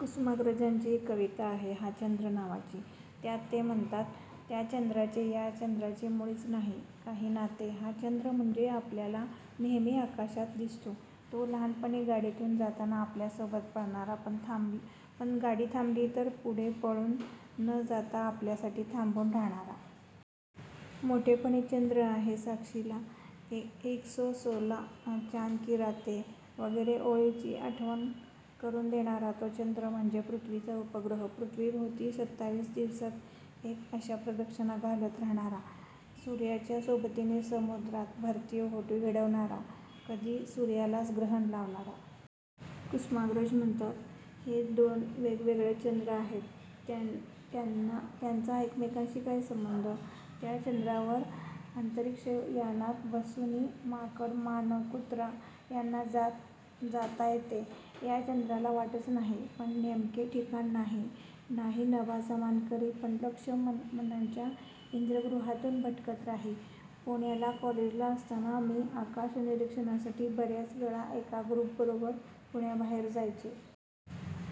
कुसुमाग्रजांची एक कविता आहे, हा चंद्र नावाची त्यात ते म्हणतात, त्या चंद्राचे या चंद्राचे मुळीच नाही काही नाते हा चंद्र' म्हणजे आपल्याला नेहमी आकाशात दिसतो, तो. लहानपणी गाडीतून जाताना आपल्यासोबत पळणारा, पण थांब पण गाडी थांबली तर पुढे पळून न जाता आपल्यासाठी थांबून राहणारा. मोठेपणी 'चंद्र आहे साक्षीला', ' एकसो सोला चॉंद की रातें' वगैरे ओळींची आठवण करून देणारा. 'तो चंद्र' म्हणजे पृथ्वीचा उपग्रह. पृथ्वीभोवती सत्तावीस दिवसांत एक, अशा प्रदक्षिणा घालत राहणारा, सूर्याच्या सोबतीने समुद्रात भरती-ओहोटी घडवणारा, कधी सूर्यालाच ग्रहण लावणारा. कुसुमाग्रज म्हणतात, हे दोन वेगवेगळे चंद्र आहेत. त्यांना त्यांचा एकमेकांशी काय संबंध? त्या चंद्रावर अंतरिक्षयानात बसूनी माकड, मानव, कुत्रा यांना जात जाता येते या चंद्राला वाटच नाही, एक नेमके ठिकाण नाही हाही नभाचा मानकरी पण लक्ष मनांच्या इंद्रगुहांतून भटकत राही पुण्याला कॉलेजला असताना मी आकाशनिरीक्षणासाठी बऱ्याच वेळा एका ग्रुपबरोबर पुण्याबाहेर जायचे.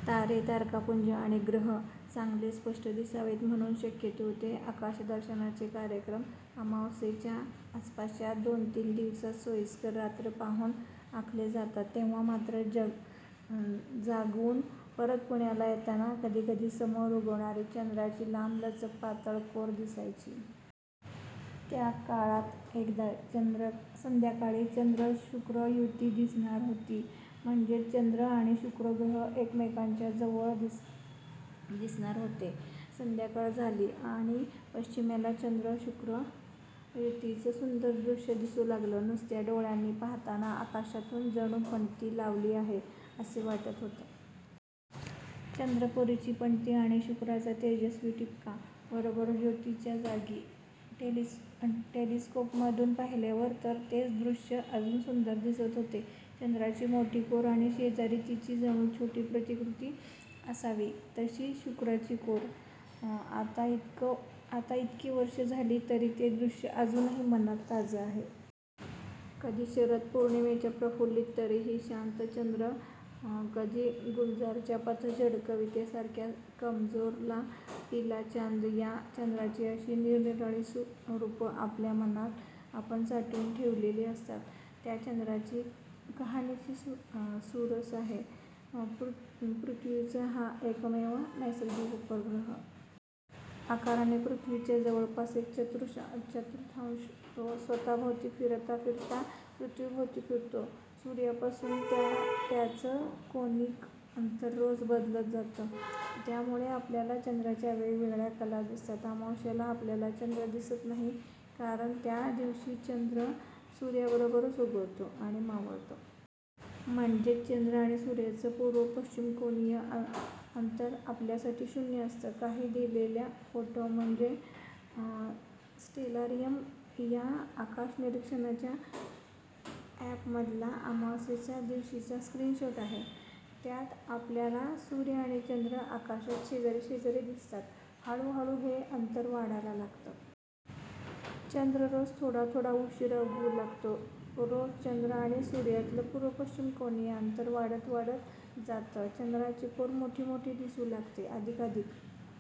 तारे, तारकापुंज आणि ग्रह चांगले स्पष्ट दिसावेत म्हणून शक्यतो हे आकाशदर्शनाचे कार्यक्रम अमावास्येच्या आसपासच्या दोनतीन दिवसात सोयीस्कर रात्र पाहून आखले जातात. तेव्हा मात्र जग जागवून परत पुण्याला येताना कधीकधी समोर उगवणारी चंद्राची लांबलचक पातळ कोर दिसायची. त्या काळात एकदा संध्याकाळी चंद्र-शुक्र युती दिसणार होती, म्हणजेच चंद्र आणि शुक्र ग्रह एकमेकांच्या जवळ दिसणार होते. संध्याकाळ झाली आणि पश्चिमेला चंद्र-शुक्र युतीचं सुंदर दृश्य दिसू लागलं. नुसत्या डोळ्यांनी पाहताना आकाशात जणू पणती लावली आहे असं वाटत होतं. चंद्रकोरीची पणती आणि शुक्राचा तेजस्वी ठिपका बरोबर ज्योतीच्या जागी.टेली टेलिस्कोपमधून पाहिल्यावर तर तेच दृश्य अजून सुंदर दिसत होतं. चंद्राची मोठी कोर आणि शेजारी तिची जणू छोटी प्रतिकृती असावी तशी शुक्राची कोर आता इतकं इतकी वर्षं झाली, तरी ते दृश्य अजूनही मनात ताजं आहे. कधी शरद पौर्णिमेचा प्रफुल्लित, तरीही शांत चंद्र, कधी गुलजारांच्या 'पतझड' कवितेतल्यासारखा 'कमजोर ला पीला चांद', 'या' चंद्राची अशी निरनिराळी रूपं आपल्या मनात आपण साठवून ठेवलेली असतात. 'त्या' चंद्राची कहाणीही सुरस आहे. पृथ्वीचा हा एकमेव नैसर्गिक उपग्रह. आकाराने पृथ्वीच्या जवळपास एक चतुर्थांश. तो स्वतःभोवती फिरता फिरता पृथ्वीभोवती फिरतो. सूर्यापासून त्याचं कोनीक अंतर रोज बदलत जातं, त्यामुळे आपल्याला चंद्राच्या वेगवेगळ्या 'कला' दिसतात. अमावास्येला आपल्याला चंद्र दिसत नाही, कारण त्या दिवशी चंद्र सूर्याबरोबरच उगवतो आणि मावळतो. म्हणजेच, चंद्र आणि सूर्याचं पूर्व-पश्चिम कोनीय अंतर आपल्यासाठी शून्य असतं. काही दिलेल्या फोटो म्हणजे स्टेलारियम या आकाशनिरीक्षणासाठीच्या अँपमधला अमावास्येच्या दिवशीचा स्क्रीनशॉट आहे. त्यात आपल्याला सूर्य आणि चंद्र आकाशात शेजारी शेजारी दिसतायत. हळूहळू हे अंतर वाढायला लागतं. चंद्र रोज थोडा थोडा उशिरा उगवू लागतो. रोज चंद्र आणि सूर्यातलं पूर्व-पश्चिम कोनीय अंतर वाढत वाढत जातं, चंद्राची कोर मोठी-मोठी दिसू लागते, अधिकाअधिक.